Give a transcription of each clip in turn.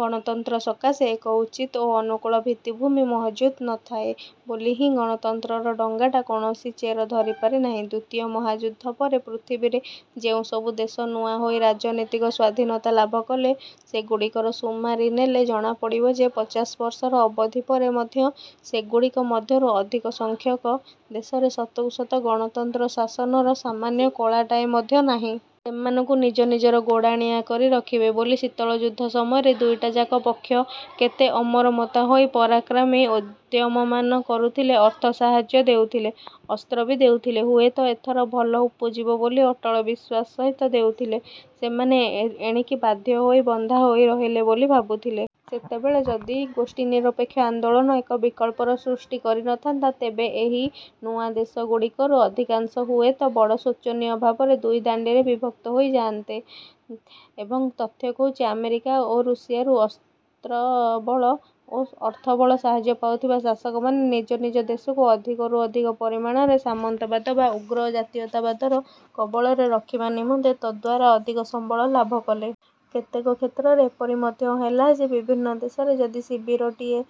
ଗଣତନ୍ତ୍ର ସକାଶେ ଏକ ଉଚିତ ଓ ଅନୁକୂଳ ଭିତ୍ତିଭୂମି ମହଜୁଦ ନଥାଏ ବୋଲି ହିଁ ଗଣତନ୍ତ୍ରର ଡ଼ଙ୍ଗାଟା କୌଣସି ଚେର ଧରିପାରେ ନାହିଁ। ଦ୍ଵିତୀୟ ମହାଯୁଦ୍ଧ ପରେ ପୃଥିବୀରେ ଯେଉଁସବୁ ଦେଶ ନୂଆ ହୋଇ ରାଜନୀତିକ ସ୍ଵାଧୀନତା ଲାଭ କଲେ ସେଗୁଡ଼ିକର ସୁମାରି ନେଲେ ଜଣାପଡ଼ିବ ଯେ, ପଚାଶ ବର୍ଷର ଅବଧି ପରେ ମଧ୍ୟ ସେଗୁଡ଼ିକ ମଧ୍ୟରୁ ଅଧିକସଂଖ୍ୟକ ଦେଶରେ ସତକୁ ସତ ଗଣତନ୍ତ୍ର ଶାସନର ସାମାନ୍ୟ କଳାଟାଏ ମଧ୍ୟ ନାହିଁ। ସେମାନଙ୍କୁ ନିଜ ନିଜର ଗୋଡ଼ାଣିଆ କରି ରଖିବେ ବୋଲି ଶୀତଳଯୁଦ୍ଧ ସମୟରେ ଦୁଇଟାଯାକ ପକ୍ଷ କେତେ ଅମରମତା ହୋଇ ପରାକ୍ରମୀ ଉଦ୍ୟମମାନ କରୁଥିଲେ ଅର୍ଥ ସାହାଯ୍ୟ ଦେଉଥଲେ, ଅସ୍ତ୍ର ବି ଦେଉଥିଲେ। ହୁଏତ ଏଥର ଭଲ ଉପୁଜିବ ବୋଲି ଅଟଳ ବିଶ୍ୱାସ ସହିତ ଦେଉଥିଲେ। ସେମାନେ ଏ ଏଣିକି ବାଧ୍ୟ ହୋଇ ବନ୍ଧା ହୋଇରହିଲେ ବୋଲି ଭାବୁଥିଲେ। ସେତବେଳେ ଯଦି ଗୋଷ୍ଠୀନିରପେକ୍ଷ ଆନ୍ଦୋଳନ ଏକ ବିକଳ୍ପର ସୃଷ୍ଟି କରିନଥାନ୍ତା ତେବେ ଏହି ନୂଆ ଦେଶଗୁଡ଼ିକରୁ ଅଧିକାଂଶ ହୁଏତ ବଡ଼ ଶୋଚନୀୟ ଭାବରେ ଦୁଇ ଦାଣ୍ଡିରେ ବିଭକ୍ତ ହୋଇ ଯାଆନ୍ତେ। ଏବଂ ତଥ୍ୟ କହୁଚି ଆମେରିକା ଓ ରୁଷିଆରୁ ଅସ୍ତ୍ରବଳ ଓ ଅର୍ଥବଳ ସାହାଯ୍ୟ ପାଉଥିବା ଶାସକମାନେ ନିଜ ନିଜ ଦେଶକୁ ଅଧିକରୁ ଅଧିକ ପରିମାଣରେ ସାମନ୍ତବାଦ ବା ଉଗ୍ର ଜାତୀୟତାବାଦର କବଳରେ ରଖିବା ନିମନ୍ତେ ତଦ୍ୱାରା ଅଧିକ ସମ୍ବଳ ଲାଭ କଲେ। କେତେକ କ୍ଷେତ୍ରରେ ଏପରି ମଧ୍ୟ ହେଲା ଯେ ବିଭିନ୍ନ ଦେଶରେ ଯଦି ଶିବିରଟିଏ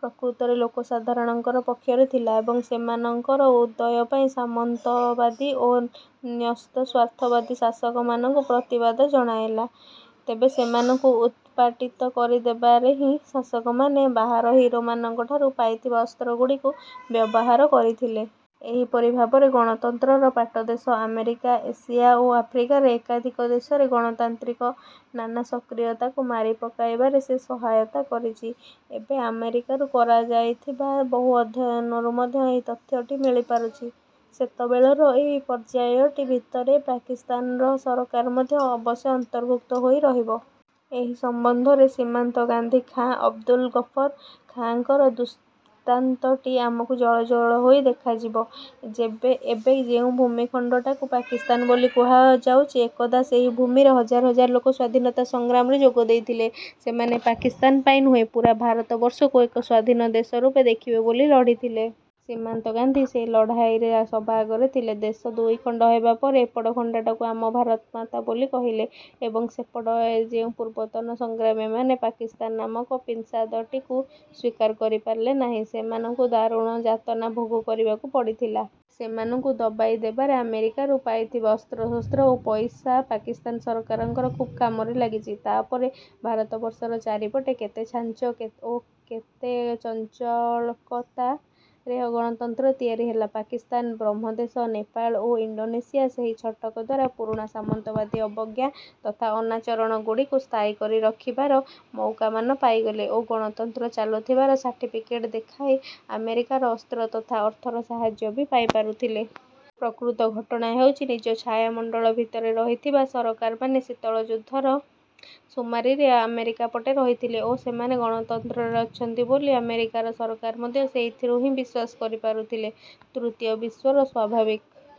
ପ୍ରକୃତରେ ଲୋକସାଧାରଣଙ୍କର ପକ୍ଷରେ ଥିଲା ଏବଂ ସେମାନଙ୍କର ଉଦୟ ପାଇଁ ସାମନ୍ତବାଦୀ ଓ ନ୍ୟସ୍ତସ୍ୱାର୍ଥବାଦୀ ଶାସକମାନଙ୍କୁ ପ୍ରତିବାଦ ଜଣାଇଲା, ତେବେ ସେମାନଙ୍କୁ ଉତ୍ପାଟିତ କରିଦେବାରେ ହିଁ ଶାସକମାନେ ବାହାର ହିରୋମାନଙ୍କଠାରୁ ପାଇଥିବା ଅସ୍ତ୍ରଗୁଡ଼ିକୁ ବ୍ୟବହାର କରିଥିଲେ। ଏହିପରି ଭାବରେ ଗଣତନ୍ତ୍ରର ପାଟଦେଶ ଆମେରିକା, ଏସିଆ ଓ ଆଫ୍ରିକାରେ ଏକାଧିକ ଦେଶରେ ଗଣତାନ୍ତ୍ରିକ ନାନା ସକ୍ରିୟତାକୁ ମାରି ପକାଇବାରେ ଯେ ସହାୟତା କରିଛି, ଏବେ ଆମରିକାରୁ କରାଯାଇଥିବା ବହୁ ଅଧ୍ୟୟନରୁ ମଧ୍ୟ ଏହି ତଥ୍ୟଟି ମିଳିପାରୁଛି। ସେତେବେଳର ଏହି ପର୍ଯ୍ୟାୟଟି ଭିତରେ ପାକିସ୍ତାନର ସରକାର ମଧ୍ୟ ଅବଶ୍ୟ ଅନ୍ତର୍ଭୁକ୍ତ ହୋଇ ରହିବ। ଏହି ସମ୍ବନ୍ଧରେ ସୀମାନ୍ତ ଗାନ୍ଧୀ ଖାଁ ଅବ୍ଦୁଲ ଗଫର ଖାଁଙ୍କର ଦୁଷ୍ଟାନ୍ତଟି ଆମକୁ ଜଳଜଳ ହୋଇ ଦେଖାଯିବ। ଯେବେ ଏବେ ଯେଉଁ ଭୂମିଖଣ୍ଡଟାକୁ ପାକିସ୍ତାନ ବୋଲି କୁହାଯାଉଛି, ଏକଦା ସେହି ଭୂମିରେ ହଜାର ହଜାର ଲୋକ ସ୍ୱାଧୀନତା ସଂଗ୍ରାମରେ ଯୋଗ ଦେଇଥିଲେ। ସେମାନେ ପାକିସ୍ତାନ ପାଇଁ ନୁହେଁ ପୂରା ଭାରତବର୍ଷକୁ ଏକ ସ୍ଵାଧୀନ ଦେଶ ରୂପେ ଦେଖିବେ ବୋଲି ଲଢ଼ିଥିଲେ। ସୀମାନ୍ତ ଗାନ୍ଧୀ ସେହି ଲଢ଼ାଇରେ ସବା ଆଗରେ ଥିଲେ। ଦେଶ ଦୁଇଖଣ୍ଡ ହେବାପରେ ଏପଟ ଖଣ୍ଡଟାକୁ ଆମେ ଭାରତମାତା ବୋଲି କହିଲେ ଏବଂ ସେପଟ ଏ ଯେଉଁ ପୂର୍ବତନ ସଂଗ୍ରାମୀମାନେ ପାକିସ୍ତାନ ନାମକ ପିଂସାଦଟିକୁ ସ୍ୱୀକାର କରିପାରିଲେ ନାହିଁ, ସେମାନଙ୍କୁ ଦାରୁଣ ଯାତନା ଭୋଗ କରିବାକୁ ପଡ଼ିଥିଲା। ସେମାନଙ୍କୁ ଦବାଇ ଦେବାରେ ଆମେରିକାରୁ ପାଇଥିବା ଅସ୍ତ୍ରଶସ୍ତ୍ର ଓ ପଇସା ପାକିସ୍ତାନ ସରକାରଙ୍କର ଖୁବ୍ କାମରେ ଲାଗିଚି। ତାପରେ ଭାରତବର୍ଷର ଚାରିପଟେ କେତେ ଛାଞ୍ଚ କେ ଓ କେତେ ଚଞ୍ଚଳକତାରେ ଗଣତନ୍ତ୍ର ତିଆରି ହେଲା। ପାକିସ୍ତାନ ବ୍ରହ୍ମଦେଶ, ନେପାଳ ଓ ଇଣ୍ଡୋନେସିଆ ସେହି ଛଟକ ଦ୍ଵାରା ପୁରୁଣା ସାମନ୍ତବାଦୀ ଅବଜ୍ଞା ତଥା ଅନାଚରଣ ଗୁଡ଼ିକୁ ସ୍ଥାୟୀକରି ରଖିବାର ମଉକାମାନ ପାଇଗଲେ ଓ ଗଣତନ୍ତ୍ର ଚାଲୁଥିବାର ସାର୍ଟିଫିକେଟ ଦେଖାଇ ଆମେରିକାର ଅସ୍ତ୍ର ତଥା ଅର୍ଥର ସାହାଯ୍ୟ ବି ପାଇପାରୁଥିଲେ। ପ୍ରକୃତ ଘଟଣା ହେଉଛି, ନିଜ ଛାୟାମଣ୍ଡଳ ଭିତରେ ରହିଥିବା ସରକାରମାନେ ଶୀତଳ ଯୁଦ୍ଧର ସୁମାରିରେ ଆମେରିକା ପଟେ ରହିଥିଲେ ଓ ସେମାନେ ଗଣତନ୍ତ୍ରରେ ଅଛନ୍ତି ବୋଲି ଆମେରିକାର ସରକାର ମଧ୍ୟ ସେଇଥିରୁ ହିଁ ବିଶ୍ୱାସ କରିପାରୁଥିଲେ। ତୃତୀୟ ବିଶ୍ଵର ସ୍ୱଭାବିକ ।